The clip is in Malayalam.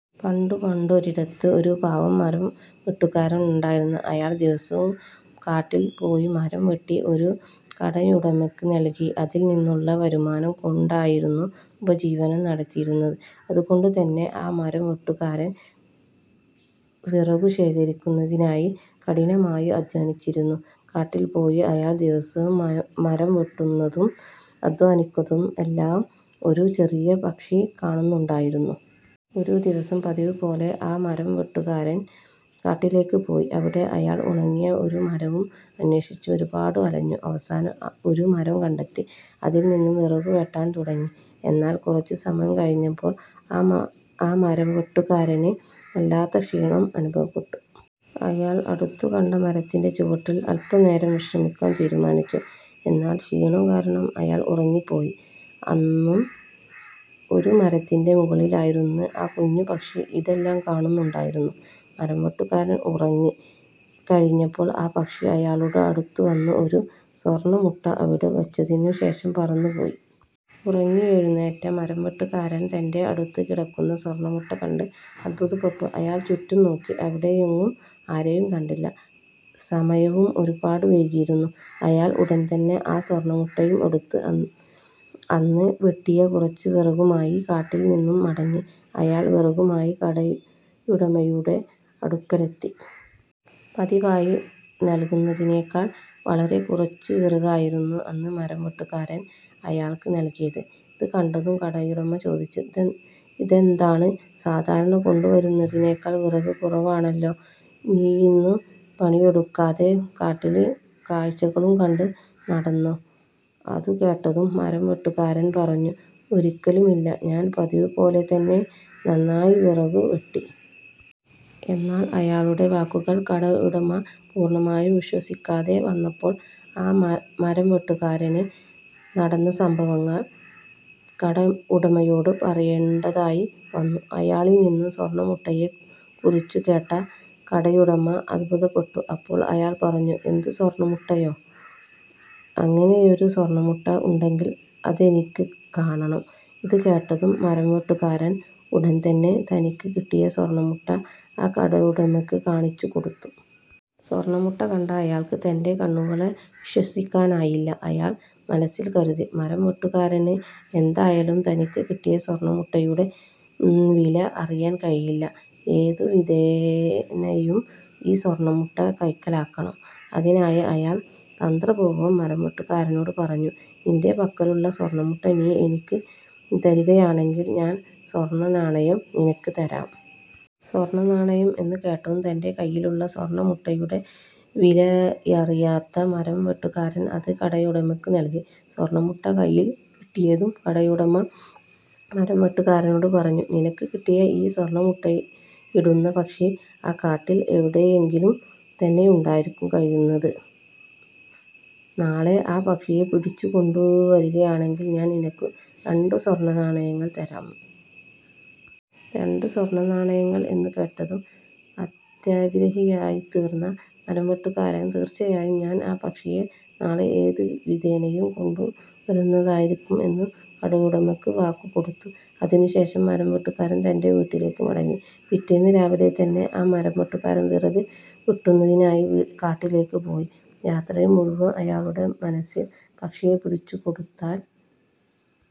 പണ്ടു പണ്ടൊരിടത്ത് ഒരു പാവം മരംവെട്ടുകാരൻ ഉണ്ടായിരുന്നു. അയാൾ ദിവസവും കാട്ടിൽ പോയി മരം വെട്ടി ഒരു കടയുടമയ്ക്ക് നൽകി അതിൽ നിന്നുള്ള വരുമാനം കൊണ്ടായിരുന്നു ഉപജീവനം നടത്തിയിരുന്നത്. അതുകൊണ്ടു തന്നെ ആ മരംവെട്ടുകാരൻ വിറകു ശേഖരിക്കുന്നതിനായി കഠിനമായി അധ്വാനിച്ചിരുന്നു. കാട്ടിൽ പോയി അയാൾ ദിവസവും മരം വെട്ടുന്നതും അധ്വാനിക്കുന്നതും എല്ലാം ഒരു ചെറിയ പക്ഷി കാണുന്നുണ്ടായിരുന്നു. ഒരു ദിവസം പതിവു പോലെ ആ മരംവെട്ടുകാരൻ കാട്ടിലേക്ക് പോയി. അവിടെ അയാൾ ഉണങ്ങിയ ഒരു മരവും അന്വേഷിച്ചു ഒരുപാട് അലഞ്ഞു. അവസാനം ഒരു മരം കണ്ടെത്തി അതിൽ നിന്നും വിറകു വെട്ടാൻ തുടങ്ങി. എന്നാൽ കുറച്ചു സമയം കഴിഞ്ഞപ്പോൾ ആ മരംവെട്ടുകാരന് വല്ലാത്ത ക്ഷീണം അനുഭവപ്പെട്ടു. അയാൾ അടുത്തു കണ്ട മരത്തിന്റെ ചുവട്ടിൽ അല്പനേരം വിശ്രമിക്കാൻ തീരുമാനിച്ചു. എന്നാൽ ക്ഷീണം കാരണം അയാൾ ഉറങ്ങിപോയി. അന്നും ഒരു മരത്തിന്റെ മുകളിലിരുന്ന് ആ കുഞ്ഞു പക്ഷി ഇതെല്ലാം കാണുന്നുണ്ടായിരുന്നു. മരംവെട്ടുകാരൻ ഉറങ്ങി കഴിഞ്ഞപ്പോൾ ആ പക്ഷി അയാളുടെ അടുത്തു വന്ന് ഒരു സ്വർണമുട്ട അവിടെ വച്ചതിനു ശേഷം പറന്നു പോയി. ഉറങ്ങിയെഴുന്നേറ്റ മരംവെട്ടുകാരൻ തന്റെ അടുത്ത് കിടക്കുന്ന സ്വർണമുട്ട കണ്ട് അത്ഭുതപ്പെട്ടു. അയാൾ ചുറ്റും നോക്കി. അവിടെയെങ്ങും ആരെയും കണ്ടില്ല. സമയവും ഒരുപാട് വൈകിയിരുന്നു. അയാൾ ഉടൻതന്നെ ആ സ്വർണമുട്ടയും എടുത്ത് അന്ന് വെട്ടിയ കുറച്ചു വിറകുമായി കാട്ടിൽ നിന്നു മടങ്ങി. അയാൾ വിറകുമായി കടയുടമയുടെ അടുക്കലെത്തി. പതിവായി നൽകുന്നതിനേക്കാൾ വളരെ കുറച്ചു വിറകായിരുന്നു അന്ന് മരംവെട്ടുകാരൻ അയാൾക്ക് നൽകിയത്. ഇതു കണ്ടതും കടയുടമ ചോദിച്ചു "ഇതെന്താണ് സാധാരണ കൊണ്ടു വരുന്നതിനെക്കാൾ വിറക് കുറവാണല്ലോ? നീയിന്നു പണിയെടുക്കാതെ കാട്ടിലെ കാഴ്ചകളും കണ്ട് നടന്നോ? " ഇതു കേട്ടതും മരംവെട്ടുകാരൻ പറഞ്ഞു "ഒരിക്കലുമില്ല. ഞാൻ പതിവു പോലെ തന്നെ നന്നായി വിറകു വെട്ടി. " എന്നാൽ അയാളുടെ വാക്കുകൾ കടയുടമ പൂർണമായും വിശ്വസിക്കാതെ വന്നപ്പോൾ ആ മരംവെട്ടുകാരന് നടന്ന സംഭവങ്ങൾ കടയുടമയോട് പറയേണ്ടതായി വന്നു. അയാളിൽ നിന്നും സ്വർണമുട്ടയെ കുറിച്ചു കേട്ട കടയുടമ അത്ഭുതപെട്ടു. അപ്പോൾ അയാൾ പറഞ്ഞു "എന്ത് സ്വർണമുട്ടയോ? അങ്ങനെയൊരു സ്വർണമുട്ട ഉണ്ടെങ്കിൽ അതെനിക്ക് കാണണം. " ഇത് കേട്ടതും മരംവെട്ടുകാരൻ ഉടൻതന്നെ തനിക്ക് കിട്ടിയ സ്വർണമുട്ട ആ കടയുടമയ്ക്ക് കാണിച്ചു കൊടുത്തു. സ്വർണമുട്ട കണ്ട അയാൾക്ക് തന്റെ കണ്ണുകളെ വിശ്വസിക്കാനായില്ല. അയാൾ മനസ്സിൽ കരുതി "മരംവെട്ടുകാരന് എന്തായാലും തനിക്ക് കിട്ടിയ സ്വർണമുട്ടയുടെ വില അറിയാൻ വഴിയില്ല. ഏതു വിധേനയും ഈ സ്വർണമുട്ട കൈക്കലാക്കണം. " അതിനായി അയാൾ തന്ത്രപൂർവം മരംവെട്ടുകാരനോട് പറഞ്ഞു. "നിന്റെ പക്കലുള്ള സ്വർണമുട്ട നീ എനിക്ക് തരികയാണെങ്കിൽ ഞാൻ ഒരു സ്വർണനാണയം നിനക്ക് തരാം. " സ്വർണനാണയം എന്നു കേട്ടതും തന്റെ കൈയിലുള്ള സ്വർണമുട്ടയുടെ വിലയറിയാത്ത ആ മരംവെട്ടുകാരൻ അത് കടയുടമയ്ക്ക് നൽകി. സ്വർണമുട്ട കൈയിൽ കിട്ടിയതും കടയുടമ മരംവെട്ടുകാരനോട് പറഞ്ഞു. "നിനക്ക് കിട്ടിയ ഈ സ്വർണമുട്ടയിടുന്ന പക്ഷി ആ കാട്ടിൽ എവിടെയെങ്കിലും തന്നെയായിരിക്കും കഴിയുന്നത്. നാളെ ആ പക്ഷിയെ പിടിച്ചു കൊണ്ടു വരികയാണെങ്കിൽ ഞാൻ നിനക്ക് രണ്ടു സ്വർണനാണയങ്ങൾ തരാം. " രണ്ടു സ്വർണനാണയങ്ങൾ എന്നു കേട്ടതും അത്യാഗ്രഹിയായി തീർന്ന മരംവെട്ടുകാരൻ "തീർച്ചയായും ഞാൻ ആ പക്ഷിയെ നാളെ ഏതു വിധേനയും കൊണ്ടു വരുന്നതായിരിക്കും. " എന്ന് കടയുടമയ്ക്ക് വാക്കു കൊടുത്തു. അതിനു ശേഷം മരംവെട്ടുകാരൻ തന്റെ വീട്ടിലേക്ക് മടങ്ങി. പിറ്റേന്ന് രാവിലെ തന്നെ ആ മരംവെട്ടുകാരൻ വിറക് വെട്ടുന്നതിനായി കാട്ടിലേക്ക് പോയി. യാത്രയിൽ മുഴുവൻ അയാളുടെ മനസ്സിൽ പക്ഷിയെ പിടിച്ചു കൊടുത്താൽ